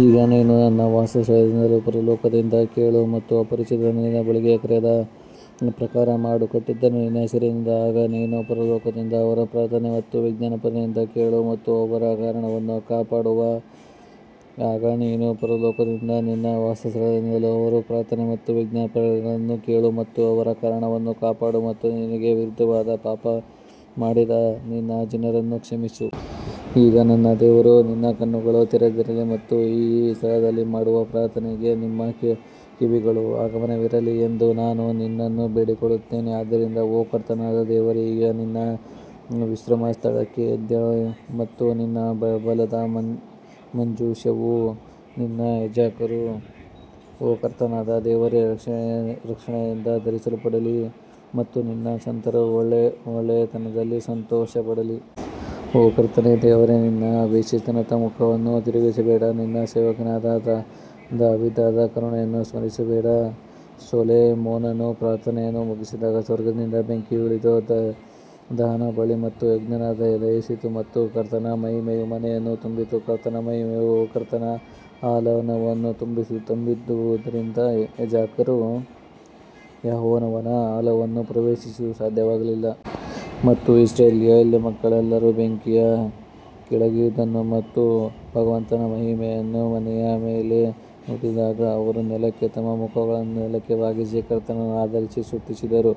ಆಗ ನೀನು ನಿನ್ನ ವಾಸಸ್ಥಳದಿಂದಲೂ ಪರಲೋಕದಿಂದ ಕೇಳು ಮತ್ತು ಅಪರಿಚಿತನು ನಿನ್ನ ಬಳಿಗೆ ಕರೆದ ಪ್ರಕಾರ ಮಾಡು ಕಟ್ಟಿದ್ದು ನಿನ್ನ ಹೆಸರಿನಿಂದ ಆಗ ನೀನು ಪರಲೋಕದಿಂದ ಅವರ ಪ್ರಾರ್ಥನೆ ಮತ್ತು ವಿಜ್ಞಾಪನೆಯನ್ನು ಕೇಳು ಮತ್ತು ಅವರ ಕಾರಣವನ್ನು ಕಾಪಾಡು ಆಗ ನೀನು ಪರಲೋಕದಿಂದ ನಿನ್ನ ವಾಸಸ್ಥಳದಿಂದಲೂ ಅವರ ಪ್ರಾರ್ಥನೆ ಮತ್ತು ವಿಜ್ಞಾಪನೆಗಳನ್ನು ಕೇಳು ಮತ್ತು ಅವರ ಕಾರಣವನ್ನು ಕಾಪಾಡು ಮತ್ತು ನಿನಗೆ ವಿರುದ್ಧವಾಗಿ ಪಾಪ ಮಾಡಿದ ನಿನ್ನ ಜನರನ್ನು ಕ್ಷಮಿಸು. ಈಗ ನನ್ನ ದೇವರು ನಿನ್ನ ಕಣ್ಣುಗಳು ತೆರೆದಿರಲಿ ಮತ್ತು ಈ ಸ್ಥಳದಲ್ಲಿ ಮಾಡುವ ಪ್ರಾರ್ಥನೆಗೆ ನಿಮ್ಮ ಕಿವಿಗಳು ಗಮನವಿರಲಿ ಎಂದು ನಾನು ನಿನ್ನನ್ನು ಬೇಡಿಕೊಳ್ಳುತ್ತೇನೆ. ಆದದರಿಂದ ಓ ಕರ್ತನಾದ ದೇವರೇ ಈಗ ನಿನ್ನ ವಿಶ್ರಮಸ್ಥಳಕ್ಕೆ ಎದ್ದೇಳು ಮತ್ತು ನಿನ್ನ ಬಲದ ಮಂಜೂಷವು ನಿನ್ನ ಯಾಜಕರು ಓ ಕರ್ತನಾದ ದೇವರೇ ರಕ್ಷಣೆಯಿಂದ ಧರಿಸಲ್ಪಡಲಿ ಮತ್ತು ನಿನ್ನ ಸಂತರು ಒಳ್ಳೆಯತನದಲ್ಲಿ ಸಂತೋಷಪಡಲಿ. ಓ ಕರ್ತನೇ ದೇವರೇ ನಿನ್ನ ಅಭಿಷಿಕ್ತನ ಮುಖವನ್ನು ತಿರುಗಿಸಬೇಡ ನಿನ್ನ ಸೇವಕನಾದ ದಾವೀದನ ಕರುಣೆಯನ್ನು ಸ್ಮರಿಸಬೇಡ ಸೊಲೊಮೋನನು ಪ್ರಾರ್ಥನೆಯನ್ನು ಮುಗಿಸಿದಾಗ ಸ್ವರ್ಗದಿಂದ ಬೆಂಕಿಯು ಇಳಿದು ದಹನಬಲಿ ಮತ್ತು ಯಜ್ಞಗಳನ್ನು ದಹಿಸಿತು ಮತ್ತು ಕರ್ತನ ಮಹಿಮೆಯು ಮನೆಯನ್ನು ತುಂಬಿತು. ಕರ್ತನ ಮಹಿಮೆಯು ಕರ್ತನ ಆಲಯವನ್ನು ತುಂಬಿದ್ದರಿಂದ ಯಾಜಕರು ಯೆಹೋವನ ಆಲಯವನ್ನು ಪ್ರವೇಶಿಸಲು ಸಾಧ್ಯವಾಗಲಿಲ್ಲ. ಮತ್ತು ಇಸ್ರಾಯೇಲ್ ಮಕ್ಕಳೆಲ್ಲರೂ ಬೆಂಕಿಯು ಕೆಳಗಿಳಿದದನ್ನು ಮತ್ತು ಭಗವಂತನ ಮಹಿಮೆಯನ್ನು ಮನೆಯ ಮೇಲೆ ನೋಡಿದಾಗ ಅವರು ನೆಲಕ್ಕೆ ತಮ್ಮ ಮುಖಗಳನ್ನು ನೆಲಕ್ಕೆ ಬಾಗಿಸಿ, ಕರ್ತನನ್ನು ಆರಾಧಿಸಿ ಸ್ತುತಿಸಿದರು,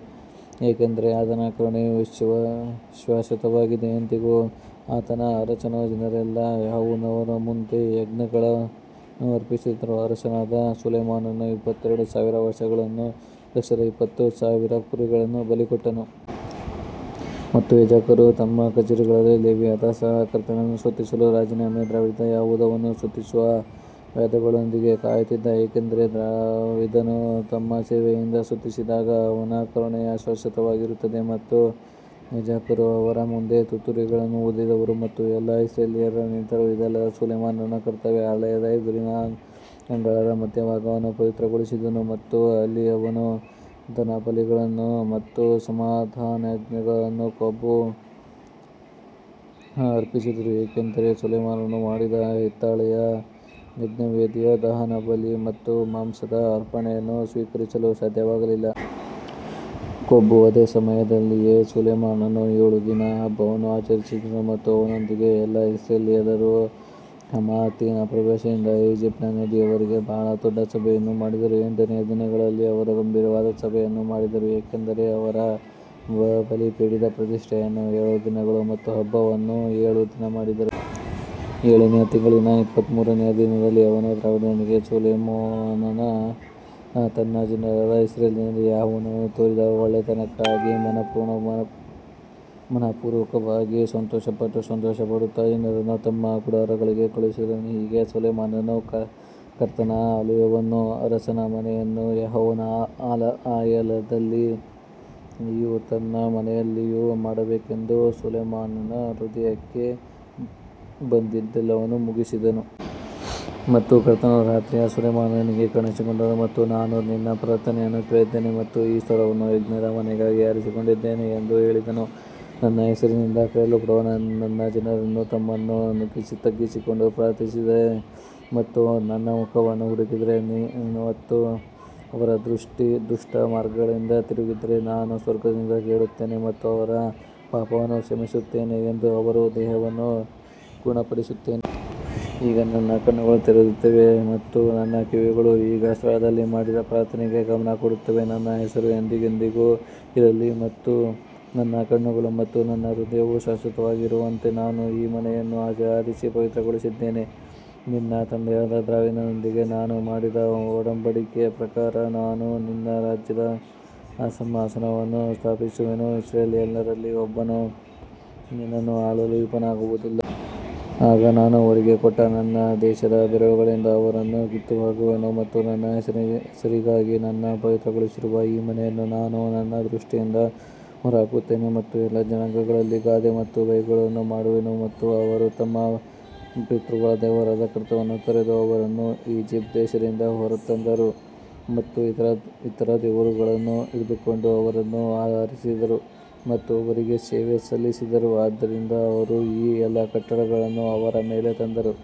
ಏಕೆಂದರೆ ಆತನ ಕರುಣೆಯು ಶಾಶ್ವತವಾಗಿದೆ. ಎಂದೆಂದಿಗೂ ಆಗ ಅರಸನೂ ಜನರೆಲ್ಲರೂ ಯೆಹೋವನ ಮುಂದೆ ಯಜ್ಞಗಳನ್ನು ಅರ್ಪಿಸಿದರು ಅರಸನಾದ ಸೊಲೊಮೋನನು ಇಪ್ಪತ್ತೆರಡು ಸಾವಿರ ಎತ್ತುಗಳನ್ನೂ ಲಕ್ಷದ ಇಪ್ಪತ್ತು ಸಾವಿರ ಕುರಿಗಳನ್ನೂ ಬಲಿಕೊಟ್ಟನು. ಮತ್ತು ಯಾಜಕರು ತಮ್ಮ ಕಚೇರಿಗಳಲ್ಲಿ ಲೇವಿಯರು ಸಹ ಕರ್ತನನ್ನು ಸ್ತುತಿಸಲು ರಾಜನಾದ ದಾವೀದನು ಯೆಹೋವನನ್ನು ಸ್ತುತಿಸುವ ವಾದ್ಯಗಳೊಂದಿಗೆ ಕಾಯುತ್ತಿದ್ದರು, ಏಕೆಂದರೆ ದಾವೀದನು ತಮ್ಮ ಸೇವೆಯಿಂದ ಸ್ತುತಿಸಿದಾಗ ಅವನ ಕರುಣೆಯು ಶಾಶ್ವತವಾಗಿರುತ್ತದೆ ಮತ್ತು ಯಾಜಕರು ಅವರ ಮುಂದೆ ತುತ್ತೂರಿಗಳನ್ನು ಊದಿದರು ಮತ್ತು ಎಲ್ಲಾ ಇಸ್ರಾಯೇಲ್ಯರು ನಿಂತರು. ಇದಲ್ಲದೆ ಸೊಲೊಮೋನನು ಕರ್ತನ ಆಲಯದ ಎದುರಿನ ಅಂಗಳದ ಮಧ್ಯಭಾಗವನ್ನು ಪವಿತ್ರಗೊಳಿಸಿದನು, ಅಲ್ಲಿ ಅವನು ದಹನಬಲಿಗಳನ್ನು ಮತ್ತು ಸಮಾಧಾನಯಜ್ಞಗಳ ಕೊಬ್ಬನ್ನು ಅರ್ಪಿಸಿದನು ಏಕೆಂದರೆ ಸೊಲೊಮೋನನು ಮಾಡಿದ ಹಿತ್ತಾಳೆಯ ಯಜ್ಞವೇದಿಯು ದಹನಬಲಿ ಮತ್ತು ಮಾಂಸದ ಅರ್ಪಣೆಗಳನ್ನು ಸ್ವೀಕರಿಸಲು ಸಾಧ್ಯವಾಗಲಿಲ್ಲ. ಕೊಬ್ಬು ಅದೇ ಸಮಯದಲ್ಲಿ ಸೊಲೊಮೋನನು ಏಳು ದಿನ ಹಬ್ಬವನ್ನು ಆಚರಿಸಿದನು ಮತ್ತು ಅವನೊಂದಿಗೆ ಎಲ್ಲಾ ಇಸ್ರಾಯೇಲ್ಯರು ಹಮಾತಿನ ಪ್ರವೇಶದಿಂದ ಈಜಿಪ್ಟಿನ ನದಿಯವರೆಗೆ ಬಹಳ ದೊಡ್ಡ ಸಭೆಯನ್ನು ಮಾಡಿದರು. ಎಂಟನೆಯ ದಿನದಲ್ಲಿ ಅವರು ಗಂಭೀರವಾದ ಸಭೆಯನ್ನು ಮಾಡಿದರು ಏಕೆಂದರೆ ಅವರು ಬಲಿಪೀಠದ ಪ್ರತಿಷ್ಠೆಯನ್ನು ಏಳು ದಿನಗಳು ಮತ್ತು ಹಬ್ಬವನ್ನು ಏಳು ದಿನ ಮಾಡಿದರು. ಏಳನೆಯ ತಿಂಗಳಿನ ಇಪ್ಪತ್ತಮೂರನೆಯ ದಿನದಲ್ಲಿ ಅವನು ದಾವೀದನಿಗೂ ಸೊಲೊಮೋನನಿಗೂ ತನ್ನ ಜನರಾದ ಇಸ್ರಾಯೇಲ್ಯರಿಗೂ ಯೆಹೋವನು ತೋರಿದ ಒಳ್ಳೇತನಕ್ಕಾಗಿ ಮನಃಪೂರ್ವಕವಾಗಿ ಸಂತೋಷಪಟ್ಟು ಸಂತೋಷಪಡುತ್ತಾ ಜನರನ್ನು ತಮ್ಮ ಗುಡಾರಗಳಿಗೆ ಕಳುಹಿಸಿದನು. ಹೀಗೆ ಸೊಲೊಮೋನನು ಕರ್ತನ ಆಲಯವನ್ನೂ ಅರಸನ ಮನೆಯನ್ನೂ ಯೆಹೋವನ ಆಲಯದಲ್ಲಿಯೂ ತನ್ನ ಮನೆಯಲ್ಲಿಯೂ ಮಾಡಬೇಕೆಂದು ಸೊಲೊಮೋನನ ಹೃದಯಕ್ಕೆ ಬಂದದ್ದೆಲ್ಲವನ್ನೂ ಮುಗಿಸಿದನು. ಮತ್ತು ಕರ್ತನು ರಾತ್ರಿಯಲ್ಲಿ ಸೊಲೊಮೋನನಿಗೆ ಕಾಣಿಸಿಕೊಂಡನು ಮತ್ತು ನಾನು ನಿನ್ನ ಪ್ರಾರ್ಥನೆಯನ್ನು ಕೇಳಿದ್ದೇನೆ ಮತ್ತು ಈ ಸ್ಥಳವನ್ನು ಯಜ್ಞದ ಮನೆಗಾಗಿ ಆರಿಸಿಕೊಂಡಿದ್ದೇನೆ ಎಂದು ಹೇಳಿದನು. ನನ್ನ ಹೆಸರಿನಿಂದ ಕರೆಯಲ್ಪಡುವ ನನ್ನ ಜನರು ತಮ್ಮನ್ನು ತಗ್ಗಿಸಿಕೊಂಡು ಪ್ರಾರ್ಥಿಸಿದರೆ ಮತ್ತು ನನ್ನ ಮುಖವನ್ನು ಹುಡುಕಿದರೆ ಮತ್ತು ಅವರ ದುಷ್ಟ ಮಾರ್ಗಗಳಿಂದ ತಿರುಗಿದರೆ ನಾನು ಸ್ವರ್ಗದಿಂದ ಕೇಳುತ್ತೇನೆ ಮತ್ತು ಅವರ ಪಾಪವನ್ನು ಕ್ಷಮಿಸುತ್ತೇನೆ ಮತ್ತು ಅವರ ದೇಶವನ್ನು ಗುಣಪಡಿಸುತ್ತೇನೆ. ಈಗ ನನ್ನ ಕಣ್ಣುಗಳು ತೆರೆದಿರುತ್ತವೆ ಮತ್ತು ನನ್ನ ಕಿವಿಗಳು ಈ ಸ್ಥಳದಲ್ಲಿ ಮಾಡಿದ ಪ್ರಾರ್ಥನೆಗೆ ಗಮನ ಕೊಡುತ್ತವೆ ನನ್ನ ಹೆಸರು ಎಂದೆಂದಿಗೂ ಇರಲಿ ಮತ್ತು ನನ್ನ ಕಣ್ಣುಗಳು ಮತ್ತು ನನ್ನ ಹೃದಯವು ಶಾಶ್ವತವಾಗಿ ಇರುವಂತೆ ನಾನು ಈ ಮನೆಯನ್ನು ಆರಿಸಿ ಪವಿತ್ರಗೊಳಿಸಿದ್ದೇನೆ. ನಿನ್ನ ತಂದೆಯಾದ ದಾವೀದನೊಂದಿಗೆ ನಾನು ಮಾಡಿದ ಒಡಂಬಡಿಕೆಯ ಪ್ರಕಾರ ನಾನು ನಿನ್ನ ರಾಜ್ಯದ ಸಿಂಹಾಸನವನ್ನು ಸ್ಥಾಪಿಸುವೆನು, ಇಸ್ರಾಯೇಲ್ಯರಲ್ಲಿ ಒಬ್ಬನು ನಿನ್ನನ್ನು ಆಳಲು ವಿಫಲನಾಗುವುದಿಲ್ಲ. ಆಗ ನಾನು ಅವರಿಗೆ ಕೊಟ್ಟ ನನ್ನ ದೇಶದ ಬೇರುಗಳಿಂದ ಅವರನ್ನು ಕಿತ್ತುಹಾಕುವೆನು ಮತ್ತು ನನ್ನ ಹೆಸರಿಗಾಗಿ ನಾನು ಪವಿತ್ರಗೊಳಿಸಿರುವ ಈ ಮನೆಯನ್ನು ನಾನು ನನ್ನ ದೃಷ್ಟಿಯಿಂದ ಹೊರಹಾಕುತ್ತೇನೆ ಮತ್ತು ಎಲ್ಲಾ ಜನಾಂಗಗಳಲ್ಲಿ ಗಾದೆ ಮತ್ತು ಬೈಗುಳವನ್ನು ಮಾಡುವೆನು. ಮತ್ತು ಅವರು ತಮ್ಮ ಪಿತೃಗಳ ದೇವರಾದ ಕರ್ತನನ್ನು ತೊರೆದು ಅವರನ್ನು ಈಜಿಪ್ಟ್ ದೇಶದಿಂದ ಹೊರತಂದರು ಮತ್ತು ಇತರ ದೇವರುಗಳನ್ನು ಹಿಡಿದುಕೊಂಡು ಅವರನ್ನು ಆರಾಧಿಸಿದರು ಮತ್ತು ಅವರಿಗೆ ಸೇವೆ ಸಲ್ಲಿಸಿದರು, ಆದ್ದರಿಂದ ಅವರು ಈ ಎಲ್ಲಾ ಕೆಟ್ಟದ್ದನ್ನು ಅವರ ಮೇಲೆ ತಂದರು.